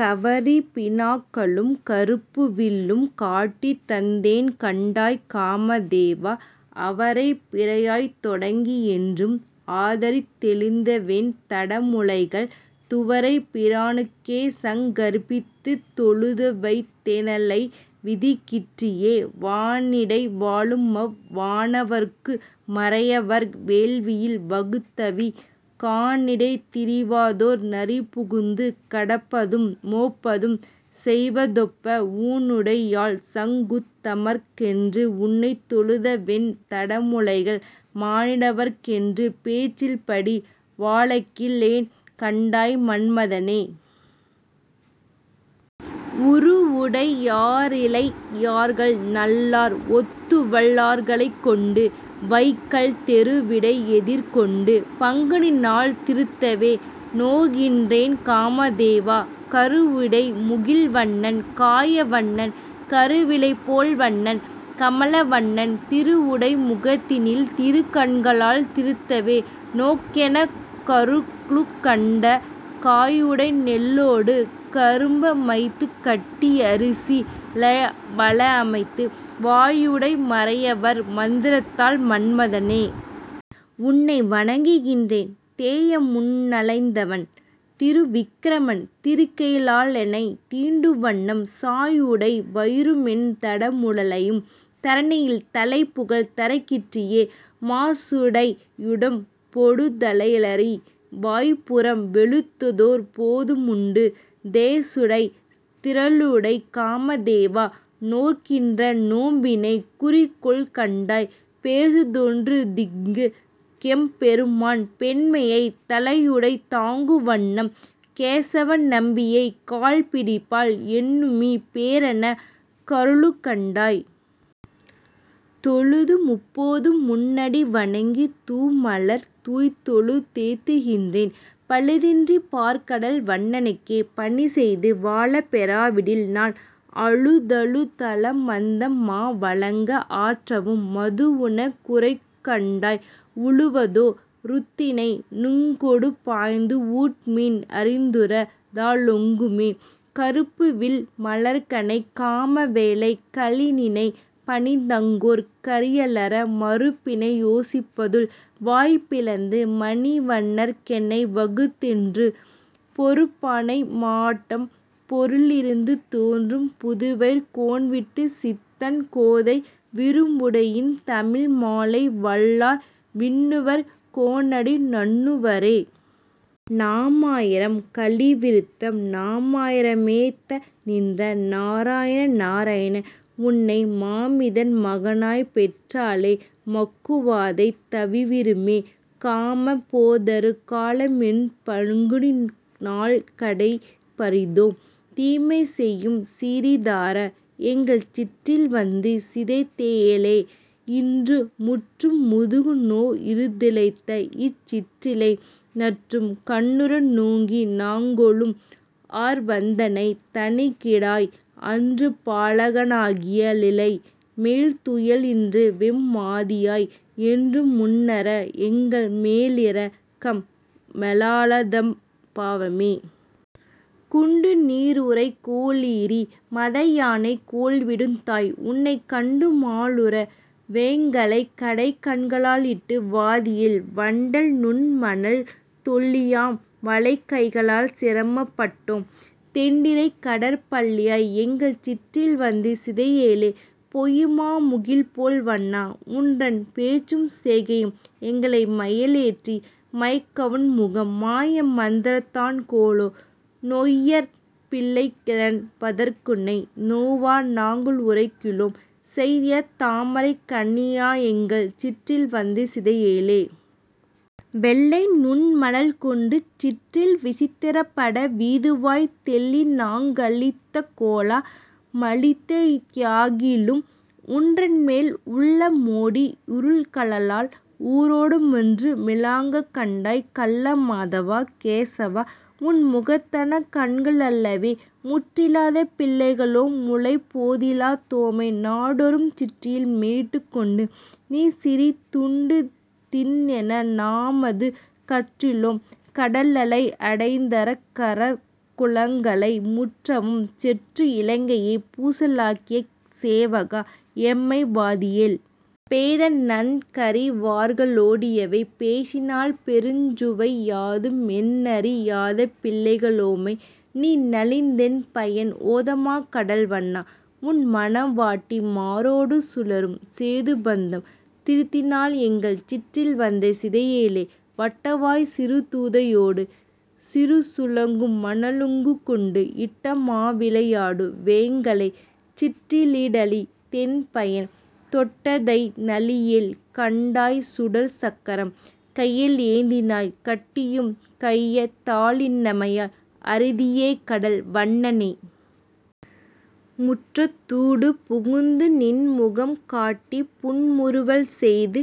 கவரிப் பிணாக்களும் கருப்புவில்லும் காட்டித்தந் தேன்கண்டாய் காமதேவா, அவரைப் பிராயந் தொடங்கிஎன்றும் ஆதரித் தெழுந்தவென் தடமுலைகள், துவரைப் பிரானுக்கே சங்கற்பித்துத் தொழுதுவைத் தேனொல்லை விதிக்கிற்றியே. வானிடை வாழுமவ் வானவர்க்கு மறையவர் வேள்வியில் வகுத்தஅவி, கானிடைத் திரிவதோர் நரிபுகுந்து கடப்பதும் மோப்பதும் செய்வதொப்ப, ஊனிடை யாழிசங் குத்தமர்க்கென்று உன்னித் தெழுந்தவென் தடமுலைகள், மானிட வர்க்கென்று பேச்சுப்படில் வாழகில் லேன்கண்டாய் மன்மதனே. உருவுடை யாரிளை யார்கள்நல்லார் ஓத்துவல் லார்களைக் கொண்டு, வைகல் தெருவிடை யெதிர்கொண்டு பங்குனிநாள் திருத் தவே நோற்கின்றேன் காமதேவா, கருவுடை முகில்வண்ணன் காயாவண்ணன் கருவிளை போல்வண்ணன், கமலவண்ணத் திருவுடை முகத்தினில் திருக்கண்களால் திருந்தவே நோக்கெனக் கருளுகண்டய். காயுடை நெல்லொடு கரும்பமைத்துக் கட்டி யரிசி யவலமைத்து, வாயுடை மறையவர் மந்திரத்தால் மன்மத னே. உன்னை வணங்குகின்றேன், தேயமுன் னளந்தவன் திரிவிக்கிரமன் திருக்கைக ளாலென்னைத் தீண்டும்வண்ணம், சாயுடை வயிறுமென் தடமுலையும் தரணியில் தலைப்புகழ் தரக்கிற்றியே. மாசுடை யுடம்பொடு தலையுலறி வாய்ப்புரம் வெளுத்தொரு போதும்முண்டு, தேசுடை திறலுடைக் காமதேவா. நோற்கின்ற நோன்பினைக் குறிக்கொள்கண்டாய், பேசுவ தொன்றுண்டிங் கெம்பெருமான் பெண்மையைத் தலையுடைத் தாக்கும்வண்ணம் கேசவ நம்பியைக் கால்பிடிப்பாள் என்னுமிப் பேறெனக் கருளுகண்டாய். தொழுதுமுப் போதுமுன் னடிவணங்கித் தூமலர் தூய்த்தொழு தேத்துகின்றேன், பழுதின்றிப் பாற்கடல் வண்ணனுக்கே பணிசெய்து வாழப் பெறாவிடில்நான், அழுதழு தலமந்தம் மாவழங்க ஆற்றவு மதுவுனக் குறைக்குங்கண்டாய், உழுவதோ ரெருத்தினை நுகங்கொடுபாய்ந்து ஊட்டமின் றித்துரந் தாலொக்குமே. கருப்புவில் மலர்க்கணைக் காமவேளைக் கழலிணை பணிந்தங்கோர் கரியலற, மருப்பினை யொசித்துப்புள் வாய்பிளந்த மணிவண்ணற் கென்னை வகுத்திடென்று, பொருப்பன்ன மாடம்பொ லிந்துதோன்றும் புதுவையர் கோன்விட்டு சித்தன்கோதை, விருப்புடை யின்தமிழ் மாலைவல்லார் விண்ணவர் கோனடி நண்ணுவரே.: நாமமாயிரம் கலி விருத்தம் நாமமாயிர மேத்தநின்ற நாராயணாநரய் னே, உன்னை மாமிதன்மக னாகப்பெற்றா லெமக்குவாதை தவிருமே, காமன்போதரு காலமென்றுபங் குனிநாள்கடை பாரித்தோம், தீமைசெய்யும் சிரீதரா. எங்கள் சிற்றில்வந்து சிதையேலே. இன்றுமுற்றும் முதுகுநோவ இருந்திழைத்தஇச் சிற்றிலை, நர்றும்கண்ணுற நோக்கிநாங்கொளும் ஆர்வந்தன்னைத் தணிகிடாய், அன்றுபாலக னாகியாலிலை மேல்துயின்றவெம் மாதியாய், என்றுமுன்றனக் கெங்கள்மேலிரக் கம்மெழாததெம் பாவமே. குண்டுநீருறை கோளரீ. மத யானைகோள்விடுத் தாய், உன்னைக் கண்டுமாலுறு வோங்களைக்கடைக் கண்களாலிட்டு வாதியேல், வண்டல்நுண்மணல் தொள்ளியாம்வளைக் கைகளால்சிர மப்பட்டோ ம், தெண்டிரைக்கடற் பள்ளியாய். எங்கள் சிற்றில்வந்து சிதையேலே. பெய்யுமாமுகில் போல்வண்ணா. உன்றன், பேச்சும்செய்கையும், எங்களை மையலேற்றி மயக்கவுன்முகம் மாயமந்திரந் தான்கொலோ, நொய்யர்பிள்ளைக ளென்பதற்குன்னை நோவநாங்களு ரைக்கிலோம், செய்யதாமரைக் கண்ணினாயெங்கள் சிற்றில்வந்து சிதையேலே. வெள்ளைநுண்மணல் கொண்டுசிற்றில் விசித்திரப்பட, வீதிவாய்த் தெள்ளிநாங்களி ழைத்தகோல மழித்தியாகிலும், உன்றன்மேல் உள்ளமோடி யுருகலல்லால் உரோடமொன்று மிலோங்கண்டாய், கள்ளமாதவா. கேசவா. உன் முகத்தனகண்க ளல்லவே. முற்றிலாதபிள் ளைகளோம்முலை போந்திலாதோமை, நாடொறும் சிற்றில்மேலிட்டுக் கொண்டுநீசிறி துண்டுதிண்ணென நாமது கற்றிலோம், கட லையடைத்தரக்- கர்குலங்களை முற்றவும் செற்று, இலங்கையைப் பூசலாக்கிய சேவகா. எம்மை வாதியேல். பேதநன்கறி வார்களோடியவை பேசினால்பெரி திஞ்சுவை, யாதுமொன்றறி யாதபிள்ளைக ளோமைநீநலிந் தென்பயன், ஓதமாகடல் வண்ணா. உன்மண வாட்டிமாரொடு சூழறும், சேதுபந்தம் திருத்தினாயெங்கள் சிற்றில்வந்து சிதையேலே. வட்டவாய்ச்சிறு தூதையோடு சிறுசுளகும்மண லுங்கொண்டு, இட்டமாவிளை யாடுவோங்களைச் சிற்றிலீடழித் தென்பயன், தொட்டுதைத்துநலி யேல்கண்டாய்சுடர்ச் சக்கரம்கையி லேந்தினாய், கட்டியும்கைத் தாலின்னாமை அறிதியேகடல் வண்ணனே. முற்றத்தூடு புகுந்துநின்முகங் காட்டிப்புன்முறு வல்செய்து,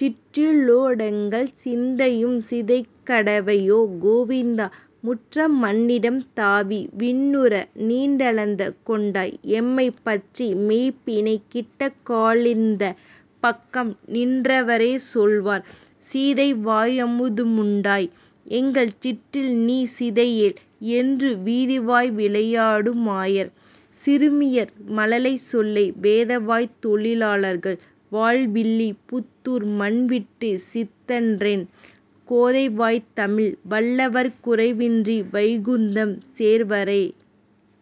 சிற்றிலோடெங்கள் சிந்தையும்சிதைக் கக்கடவையோ கோவிந்தா, முற்றமண்ணிடம் தாவிவிண்ணுற நீண்டளந்துகொண் டாய், எம்மைப்- பற்றிமெய்ப்பிணக் கிட்டக்காலிந்தப் பக்கம்நின்றவ ரெஞ்சொல்லார்? சீதைவாயமு தமுண்டாய். எங்கள் சிற்றில்நீசிதை யேல். என்று, வீதிவாய்விளை யாடுமாயர் சிறுமியர்மழ லைச்சொல்லை, வேதவாய்த்தொழி லார்கள்வாழ்வில்லி புத்தூர்மன்விட்டு சித்தன்றன், கோதைவாய்த்தமிழ் வல்லவர்குறை வின்றிவைகுந்தம் சேர்வரே.: